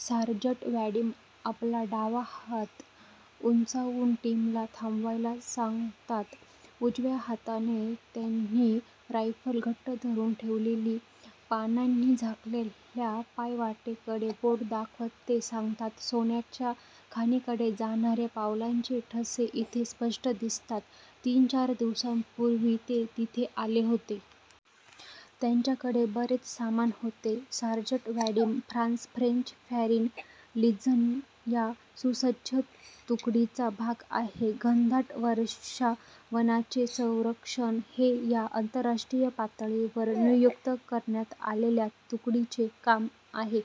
Sergeant Vadim आपला डावा हात उंचावून टीमला थांबायला सांगतात. उजव्या हाताने त्यांनी रायफल घट्ट धरून ठेवलेली. पानांनी झाकलेल्या पायवाटेकडे बोट दाखवत ते सांगतात, "सोन्याच्या खाणींकडे जाणारे पावलांचे ठसे इथे स्पष्ट दिसतात. तीन-चार दिवसांपूर्वी ते इथे आले होते. त्यांच्याकडे बरेच सामान होते." Sergeant Vadim France 'French foreign legion' या सुसज्ज तुकडीचा भाग आहेत. घनदाट वर्षावनाचे रक्षण हे या आंतरराष्ट्रीय पातळीवर नियुक्त करण्यात आलेल्या तुकडीचे काम आहे.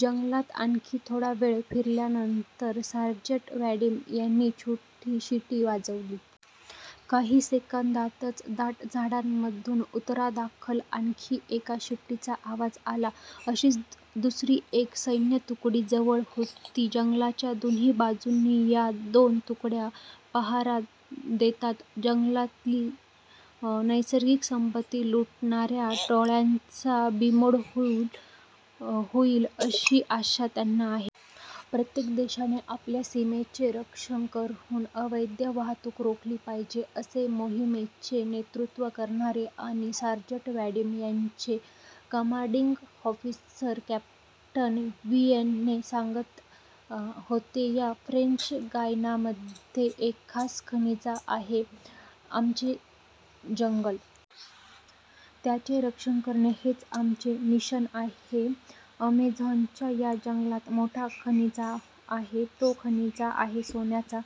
जंगलात आणखी थोडा वेळ फिरल्यानंतर सार्जंट वॅडिम यांनी छोटी शिटी वाजवली. काही सेकंदांतच दाट झाडांमधून उत्तरादाखल आणखी एका शिटीचा आवाज आला. अशीच दुसरी एक सैन्यतुकडी जवळच होती. जंगलाच्या दोन्ही बाजूंनी या दोन तुकड्या पहारा देतात. जंगलातली नैसर्गिक संपत्ती लुटणाऱ्या टोळ्यांचा बीमोड होईल, अशी आशा त्यांना आहे. "प्रत्येक देशाने आपल्या सीमांचे रक्षण करून अवैध वाहतूक रोखली पाहिजे," असे मोहिमेचे नेतृत्व करणारे आणि सार्जंट वॅडिम यांचे कमांडिंग ऑफिसर कॅप्टन व्हिएने सांगत होते. "या फ्रेंच गयानामध्ये एक खास खजिना आहे. आमचे जंगल. त्याचे रक्षण करणे हेच आमचे मिशन आहे." अमेझॉनच्या या जंगलात मोठा खजिना आहे. तो खजिना आहे सोन्याचा.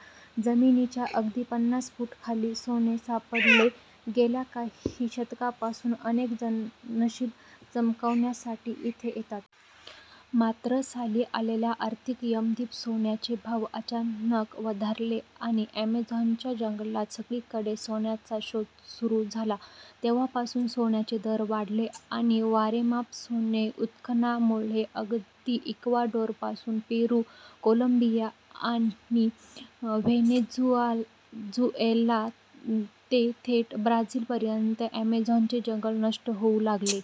जमिनीच्या अगदी पन्नास फूट खाली सोने सापडते. गेल्या काही शतकांपासून अनेक जण नशीब चमकवण्यासाठी इथे येतात. मात्र साली आलेल्या आर्थिक mंदीत सोन्याचे भाव अचानक वधारले आणि ॲमेझॉनच्या जंगलात सगळीकडे सोन्याचा शोध सुरू झाला. तेव्हापासून सोन्याचे दर वाढले आणि वारेमाप सोने उत्खननामुळे अगदी इक्वाडोरपासून पेरू, कोलंबिया आणि व्हेनेझुएला ते थेट ब्राझीलपर्यंत ॲमेझॉनचे जंगल नष्ट होऊ लागले.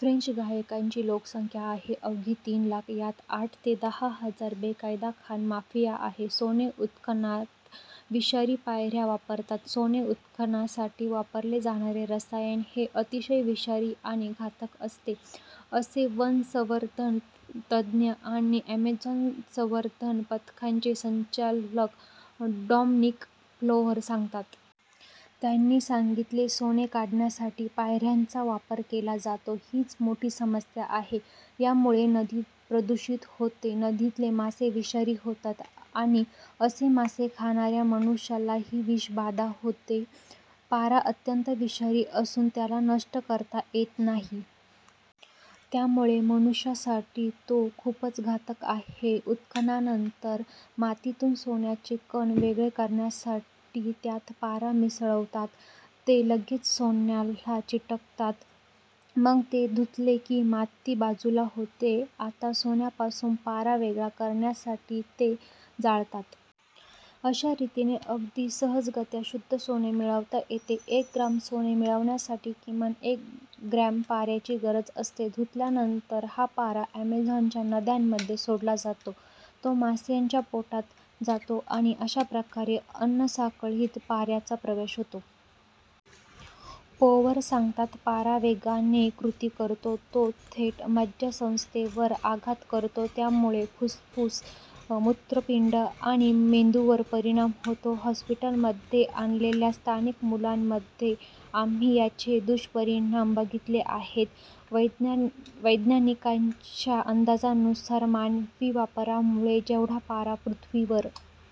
फ्रेंच गयानाची लोकसंख्या आहे अवघी तीन लाख. यात आठ ते दहा हजार बेकायदा खाण माफिया आहेत. सोने उत्खननात विषारी पाऱ्याचा वापर - सोने उत्खननासाठी वापरले जाणारे रसायन हे अतिशय विषारी आणि घातक असते, असे वनसंवर्धन तज्ज्ञ आणि ॲमेझॉन संवर्धन पथकाचे संचालक डॉमनिक प्लोवर सांगतात. त्यांनी सांगितले, "सोने काढण्यासाठी पाऱ्याचा वापर केला जातो. हीच मोठी समस्या आहे. यामुळे नदी प्रदूषित होते. नदीतले मासे विषारी होतात आणि असे मासे खाणाऱ्या मनुष्यालाही विषबाधा होते." पारा अत्यंत विषारी असून त्याला नष्ट करता येत नाही. त्यामुळे मनुष्यासाठी तो खूपच घातक आहे. उत्खननानंतर मातीतून सोन्याचे कण वेगळे करण्यासाठी त्यात पारा मिसळतात. ते लगेच सोन्याला चिकटतात. मग ते धुतले की माती बाजूला होते. आता सोन्यापासून पारा वेगळा करण्यासाठी ते जाळतात. अशा रीतीने अगदी सहजगत्या शुद्ध सोने मिळवता येते. एक ग्रॅम सोने मिळवण्यासाठी किमान एक ग्रॅम पाऱ्याची गरज असते. धुतल्यानंतर हा पारा ॲमेझॉनच्या नद्यांमध्ये सोडला जातो. तो माशांच्या पोटात जातो आणि अशा प्रकारे अन्नसाखळीत पाऱ्याचा प्रवेश होतो. पोवर सांगतात, "पारा वेगाने कृती करतो. तो थेट मज्जासंस्थेवर आघात करतो. त्यामुळे फुप्फुस, मूत्रपिंड आणि मेंदूवर परिणाम होतो. हॉस्पिटलमध्ये आणलेल्या स्थानिक मुलांमध्ये आम्ही याचे दुष्परिणाम बघितले आहेत." वैज्ञानिकांच्या अंदाजानुसार मानवी वापरामुळे जेवढा पारा पृथ्वीवर